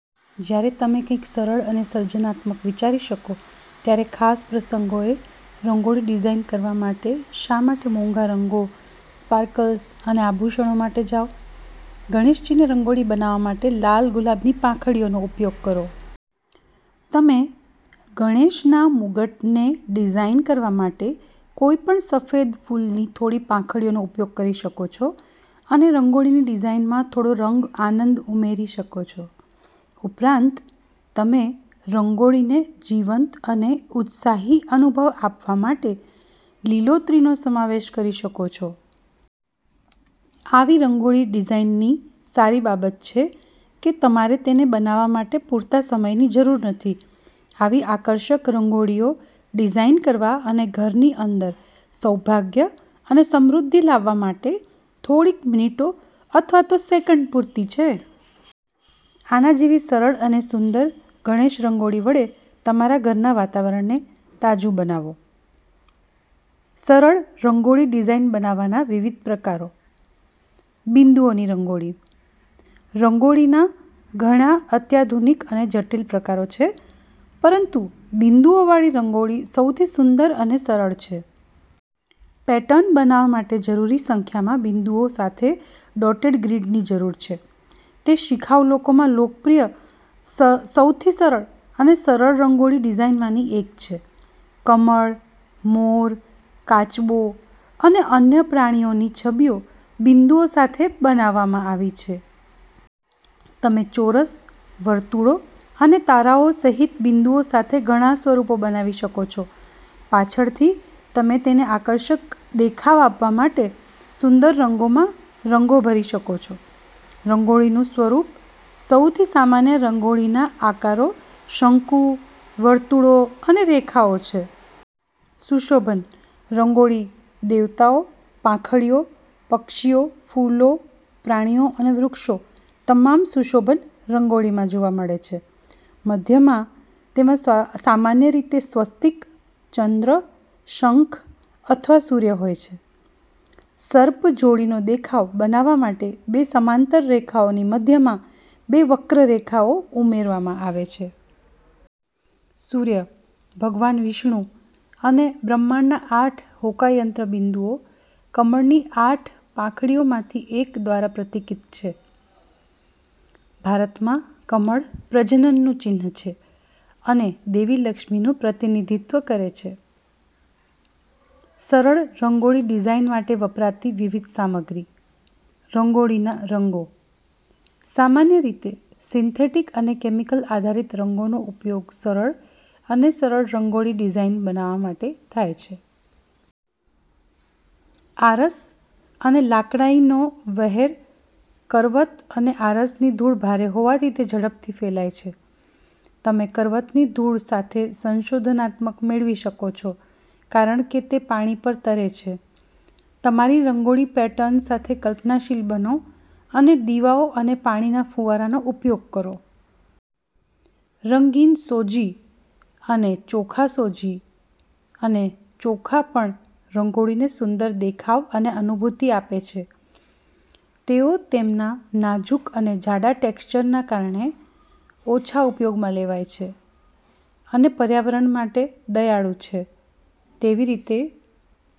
જ્યારે તમે કંઈક સરળ અને સર્જનાત્મક વિચારી શકો ત્યારે ખાસ પ્રસંગોએ રંગોળી ડિઝાઇન કરવા માટે શા માટે મોંઘા રંગો, સ્પાર્કલ્સ અને આભૂષણો માટે જાવ? ગણેશજીને રંગોળી બનાવવા માટે લાલ ગુલાબની પાંખડીઓનો ઉપયોગ કરો. તમે ગણેશના મુગટને ડિઝાઇન કરવા માટે કોઈપણ સફેદ ફૂલની થોડી પાંખડીઓનો ઉપયોગ પણ કરી શકો છો અને રંગોળીની ડિઝાઇનમાં થોડો રંગ આનંદ ઉમેરી શકો છો. ઉપરાંત, તમેરંગોળીને જીવંત અને ઉત્સાહી અનુભવ આપવા માટે લીલોતરીનો સમાવેશ કરી શકો છો. આવી રંગોળી ડિઝાઇનની સારી બાબતછે કે તમારે તેને બનાવવા માટે પૂરતા સમયની જરૂર નથી. આવી આકર્ષક રંગોળીઓ ડિઝાઇન કરવા અને ઘરની અંદર સૌભાગ્ય અને સમૃદ્ધિ લાવવા માટે થોડીક મિનિટો અથવા તો સેકન્ડ પૂરતી છે. આના જેવી સરળ અને સુંદર ગણેશ રંગોળી વડે તમારા ઘરના વાતાવરણને તાજું બનાવો સરળ રંગોળી ડિઝાઇન બનાવવાના વિવિધ પ્રકારો બિંદુઓની રંગોળીરંગોળીના ઘણા અત્યાધુનિક અને જટિલ પ્રકારો છે, પરંતુ બિંદુઓવાળી રંગોળી સૌથી સુંદર અને સરળ છે. પેટર્ન બનાવવા માટે જરૂરી સંખ્યામાં બિંદુઓ સાથે ડોટેડ ગ્રીડની જરૂર છે. તે શિખાઉ લોકોમાં લોકપ્રિય સૌથી સરળ અને સરળ રંગોળી ડિઝાઇનમાંની એક છે. કમળ, મોર, કાચબો અને અન્ય પ્રાણીઓની છબીઓ બિંદુઓ સાથે બનાવવામાં આવી છે. તમે ચોરસ, વર્તુળો અને તારાઓ સહિત બિંદુઓ સાથે ઘણા સ્વરૂપો બનાવી શકો છો. પાછળથી, તમે તેને આકર્ષક દેખાવ આપવા માટે સુંદર રંગોમાં રંગો ભરી શકો છો. રંગોળીનું સ્વરૂપસૌથી સામાન્ય રંગોળીના આકારો શંકુ, વર્તુળો અને રેખાઓ છે. સુશોભન રંગોળીદેવતાઓ, પાંખડીઓ, પક્ષીઓ, ફૂલો, પ્રાણીઓ અને વૃક્ષો તમામ સુશોભન રંગોળીમાં જોવા મળે છે. મધ્યમાં, તેમાં સામાન્ય રીતે સ્વસ્તિક, ચંદ્ર, શંખ અથવા સૂર્ય હોય છે. સર્પ જોડીનો દેખાવ બનાવવા માટે બે સમાંતર રેખાઓની મધ્યમાં બે વક્ર રેખાઓ ઉમેરવામાં આવે છે. સૂર્ય, ભગવાન વિષ્ણુ અને બ્રહ્માંડના આઠ હોકાયંત્ર બિંદુઓ કમળની આઠ પાંખડીઓમાંથી એક દ્વારા પ્રતીકિત છે. ભારતમાં, કમળ પ્રજનનનું ચિહ્ન છે અને દેવી લક્ષ્મીનું પ્રતિનિધિત્વ કરે છે. સરળ રંગોળી ડિઝાઇન માટે વપરાતી વિવિધ સામગ્રી રંગોળીના રંગોસામાન્ય રીતે સિન્થેટીક અને કેમિકલ આધારિત રંગોનો ઉપયોગ સરળ અને સરળ રંગોળી ડિઝાઇન બનાવવા માટે થાય છે. આરસ અને લાકડાંઈ નો વહેરકરવત અને આરસની ધૂળ ભારે હોવાથી તે ઝડપથી ફેલાય છે. તમે કરવતની ધૂળ સાથે સંશોધનાત્મક મેળવી શકો છો કારણ કે તે પાણી પર તરે છે. તમારી રંગોળી પેટર્ન સાથે કલ્પનાશીલ બનો અને દીવાઓ અને પાણીના ફુવારાનો ઉપયોગ કરો. રંગીન સોજી અને ચોખાસોજી અને ચોખા પણ રંગોળીને સુંદર દેખાવ અને અનુભૂતિ આપે છે. તેઓ તેમના નાજુક અને જાડા ટેક્સચરને કારણે ઓછા ઉપયોગમાં લેવાય છે અને પર્યાવરણ માટે દયાળુ છે. તેવીરીતે,